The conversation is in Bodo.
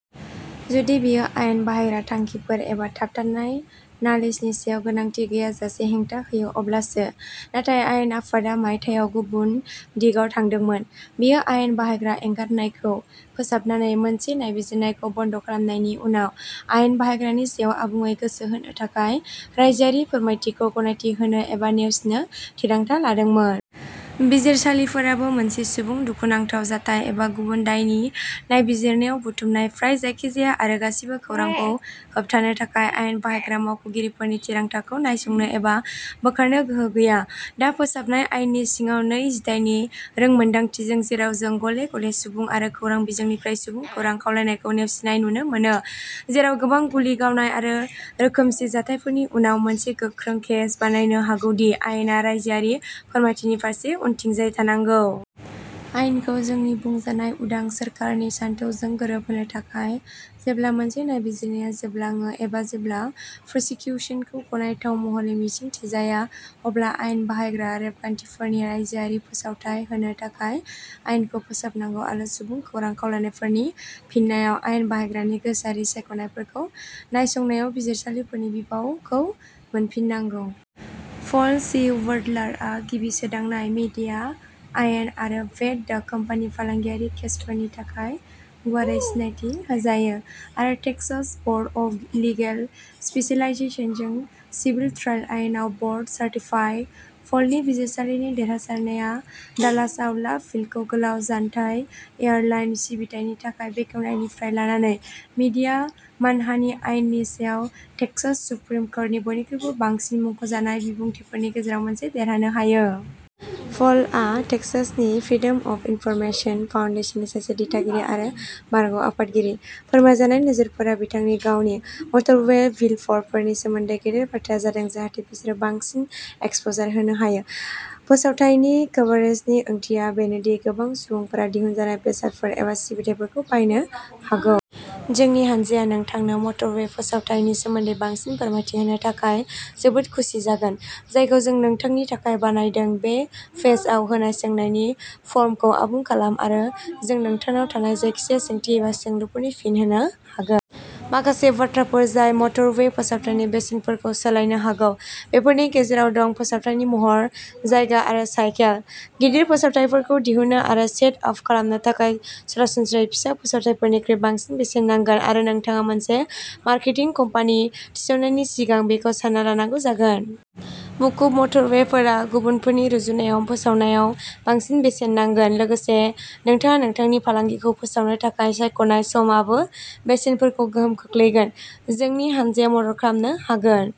जुदि बेयो आयेन बाहायग्रा थांखिफोर एबा थाबथानाय नालिसनि सायाव गोनांथि गैयाजासे हेंथा होयो अब्लासो। नाथाय आयेन आफादा मायथाइयाव गुबुन दिगाव थांदोंमोन। बेयो आयेन बाहायग्रा एंगारनायखौ फोसाबनानै मोनसे नायबिजिरनायखौ बन्द खालामनायनि उनाव आयेन बाहायग्रानि सायाव आबुङै गोसो होनो थाखाय रायजोआरि फोरमायथिखौ गनायथि होनो एबा नेवसिनो थिरांथा लादोंमोन। बिजिरसालिफोराबो मोनसे सुबुं दुखुनांथाव जाथाय एबा गुबुन दायनि नायबिजिरनायाव बुथुमनाय फ्राय जायखिजाया आरो गासिबो खौरांखौ होबथानो थाखाय आयेन बाहायग्रा मावख'गिरिफोरनि थिरांथाखौ नायसंनो एबा बोखारनो गोहो गैया। दा, फोसाबनाय आयेननि सिङाव नै जिथायनि रोंमोनदांथिजों जेराव जों गले-गले सुबुं आरो खौरां बिजोंनिफ्राय सुबुं खौरां खावलायनायखौ नेवसिनाय नुनो मोनो, जेराव गोबां गुलि गावनाय आरो रोखोमसे जाथायफोरनि उनाव, मोनसे गोख्रों केस बानायनो हागौ दि आयेना रायजोआरि फोरमायथिनि फारसे उनथिंजाय थांनांगौ। आयेनखौ जोंनि बुंजानाय उदां सोरखारनि सानथौजों गोरोबहोनो थाखाय, जेब्ला मोनसे नायबिजिरनाया जोबलाङो एबा जेब्ला प्रसिकिउसनखौ गनायथाव महरै मिजिंथिजाया अब्ला आयेन बाहायग्रा रेबगान्थिफोरनि रायजोआरि फोसावथाय होनो थाखाय आइनखौ फोसाबनांगौ आरो सुबुं खौरां खावलायनायफोरनि फिननायाव आयेन बाहायग्रानि गोसोआरि सायख'नायफोरखौ नायसंनायाव बिजिरसालिफोरनि बिफावखौ मोनफिननांगौ। पल सि वाट्लारआ गिबि सोदांनाय, मीडिया आयेन, आरो बेट दा कम्पानि फालांगियारि केसफोरनि थाखाय गुवारै सिनायथि होजायो आरो टेक्सास बर्ड अफ लिगेल स्पेशियलाइजेशनजों सिभिल ट्रायल आयेनाव बर्ड सार्टिफाइड। पलनि बिजिरसालिनि देरहासारनाया डालासआव लाभ फील्डखौ गोलाव जानथाय एयारलाइन सिबिथायनि थाखाय बेखेवनायनिफ्राय लानानै मीडिया मानहानि आयेननि सायाव टेक्सास सुप्रिम कर्टनि बयनिख्रुइ बांसिन मुंख'जानाय बिबुंथिफोरनि गेजेराव मोनसे देरहानो हायो। पलआ टेक्सासनि फ्रिडम अफ इनफरमेशन फाउन्डेशननि सासे दिथागिरि आरो बारग' आफादगिरि। फोरमायजानाय नोजोरफोरा बिथांनि गावनि। मटरवे बिलबोर्डफोरनि सोमोन्दै गेदेर बाथ्राया जादों जाहाथे बिसोर बांसिन एक्सप'जार होनो हायो। फोसावथायनि कभारेजनि ओंथिया बेनो दि गोबां सुबुंफोरा दिहुनजानाय बेसादफोर एबा सिबिथाइफोरखौ बायनो हागौ। जोंनि हान्जाया नोंथांनो मटरवे फोसावथायनि सोमोन्दै बांसिन फोरमायथि होनो थाखाय जोबोद खुसि जागोन, जायखौ जों नोंथांनि थाखाय बानायदों बे पेजआव होनाय सोंनायनि फर्मखौ आबुं खालाम आरो जों नोंथांनाव थानाय जायखिजाया सोंथि एबा सोंलुफोरनि फिन होनो हागोन। माखासे बाथ्राफोर जाय मटरवे फोसावथायनि बेसेनफोरखौ सोलायनो हागौ, बेफोरनि गेजेराव दं फोसावथायनि महर, जायगा आरो साइकेल। गिदिर फोसावथाइफोरखौ दिहुन्नो आरो सेट आप खालामनो थाखाय सरासनस्रायै फिसा फोसावथाइफोरनिख्रुइ बांसिन बेसेन नांगोन आरो नोंथाङा मोनसे मार्केटिं कम्पानि थिसननायनि सिगां बेखौ सान्ना लानांगौ जागोन। मुखुब मटरवेफोरा गुबुनफोरनि रुजुनायाव फोसावनायाव बांसिन बेसेन नांगोन। लोगोसे, नोंथाङा नोंथांनि फालांगिखौ फोसावनो थाखाय सायख'नाय समआबो बेसेनफोरखौ गोहोम खोख्लैगोन। जोंनि हान्जाया मदद खालामनो हागोन।